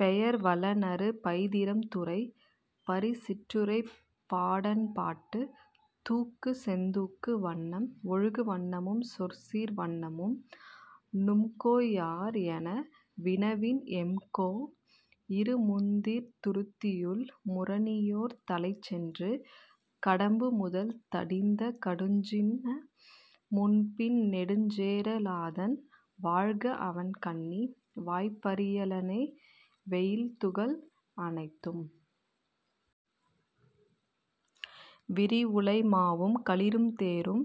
பெயர் வளனறு பைதிரம் துறை பரிசிற்றுறைப் பாடாண்பாட்டு தூக்கு செந்தூக்கு வண்ணம் ஒழுகு வண்ணமும் சொற்சீர் வண்ணமும் நும்கோ யார்என வினவின் எம்கோ இருமுந்நீர்த் துருத்தியுள் முரணியோர்த் தலைச்சென்று கடம்புமுதல் தடிந்த கடுஞ்சின முன்பின் நெடுஞ்சேர லாதன் வாழ்கஅவன் கண்ணி வாய்ப்அறி யலனே வெயில்துகள் அனைத்தும் விரிஉளை மாவும் களிறும் தேரும்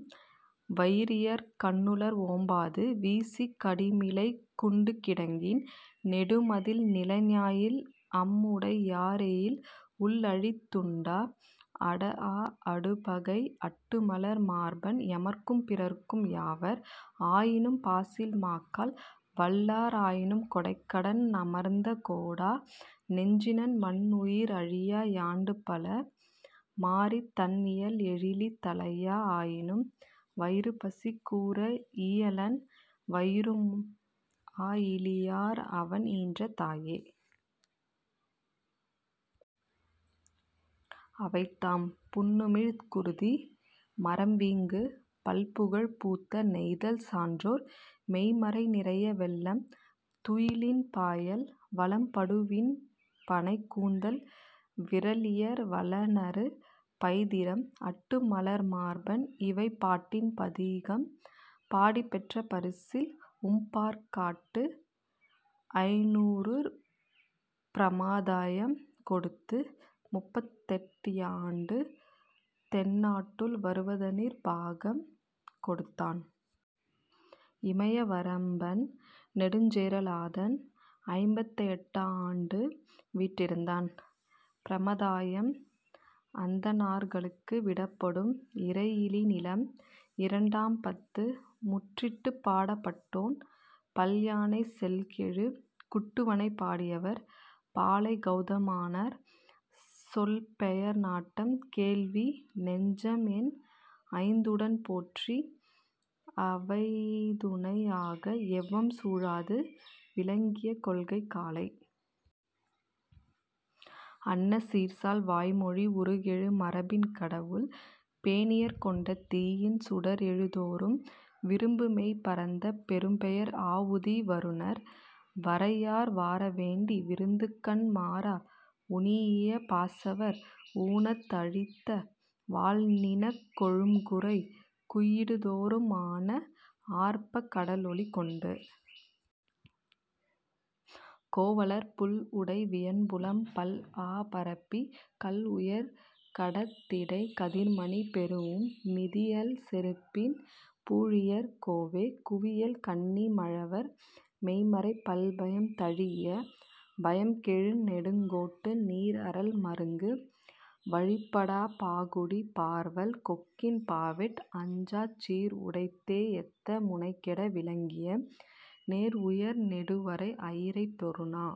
வயிரியர் கண்ணுளர்க் ஓம்பாது வீசிக் கடிமிளைக் குண்டுகிடங்கின் நெடுமதில் நிலைஞாயில் அம்உடை யார்எயில் உள்அழித் உண்ட அடாஅ அடுபகை அட்டுமலர் மார்பன் எமர்க்கும் பிறர்க்கும் யாவர் ஆயினும் பாசில் மாக்கள் வல்லார் ஆயினும் கொடைக்கடன் அமர்ந்த கோடா நெஞ்சினன் மன்உயிர் அழிய யாண்டுபல மாறித் தண்இயல் எழிலி தலையா ஆயினும் வயிறுபசி கூர ஈயலன் வயிறும்ஆ இலீயர்அவன் ஈன்ற தாயே. அவைதாம்: புண்ணுமிழ் குருதி, மறம்வீங்கு பல்புகழ், பூத்த நெய்தல், சான்றோர் மெய்ம்மறை, நிரைய வெள்ளம், துயிலின் பாயல், வலம்படுவியன்பணை, கூந்தல் விறலியர், வளனறு பைதிரம், அட்டுமலர்மார்பன் இவை பாட்டின் பதிகம். பாடிப்பெற்ற பரிசில்: உம்பற்காட்டு ஐந்நூறூர் பிரமதாயம் கொடுத்து முப்பத்தெட்டுயாண்டு தென்னாட்டுள் வருவதனிற் பாகம் கொடுத்தான். இமைய வரம்பன் நெடுஞ்சேரலாதன் ஐம்பத்தெட்டுயாண்டு வீற்றிருந்தான். பிரமதாயம் அந்தணர்களுக்கு விடப்படும் இறையிலி நிலம் இரண்டாம் பத்து முற்றிற்று பாடப்பட்டோன்: பல்யானைச் செல்கெழு குட்டுவனைப் பாடியவர்: பாலைக் கெளதமனார் சொல்பெயர் நாட்டம் கேள்வி நெஞ்சம்என் ஐந்உடன் போற்றி அவைதுணை ஆக எவ்வம் சூழாது விளங்கிய கொள்கைக் காலை அன்ன சீர்சால் வாய்மொழி உருகெழு மரபின் கடவுள் பேணியர் கொண்ட தீயின் சுடர்எழு தோறும் விரும்புமெய் பரந்த பெரும்பெயர் ஆவுதி வருநர் வரையார் வார வேண்டி விருந்துகண் மாறா உணீஇய பாசவர் ஊனத் அழித்த வால்நிணக் கொழும்குறை குய்யிடு தோறும் ஆனா ஆர்ப்பக் கடல்ஒலி கொண்டு கோவலர் புல்உடை வியன்புலம் பல்ஆ பரப்பிக் கல்உயர் கடத்இடைக் கதிர்மணி பெறூஉம் மிதிஅல் செருப்பின் பூழியர் கோவே குவியல் கண்ணி மழவர் மெய்ம்மறை பல்பயம் தழீஇய பயம்கெழு நெடுங்கோட்டு நீர்அறல் மருங்கு வழிப்படாப் பாகுடிப் பார்வல் கொக்கின் பாவேட் அஞ்சாச் சீர்உடைத் தேஎத்த முனைகெட விலங்கிய நேர்உயர் நெடுவரை அயிரைப் பொருந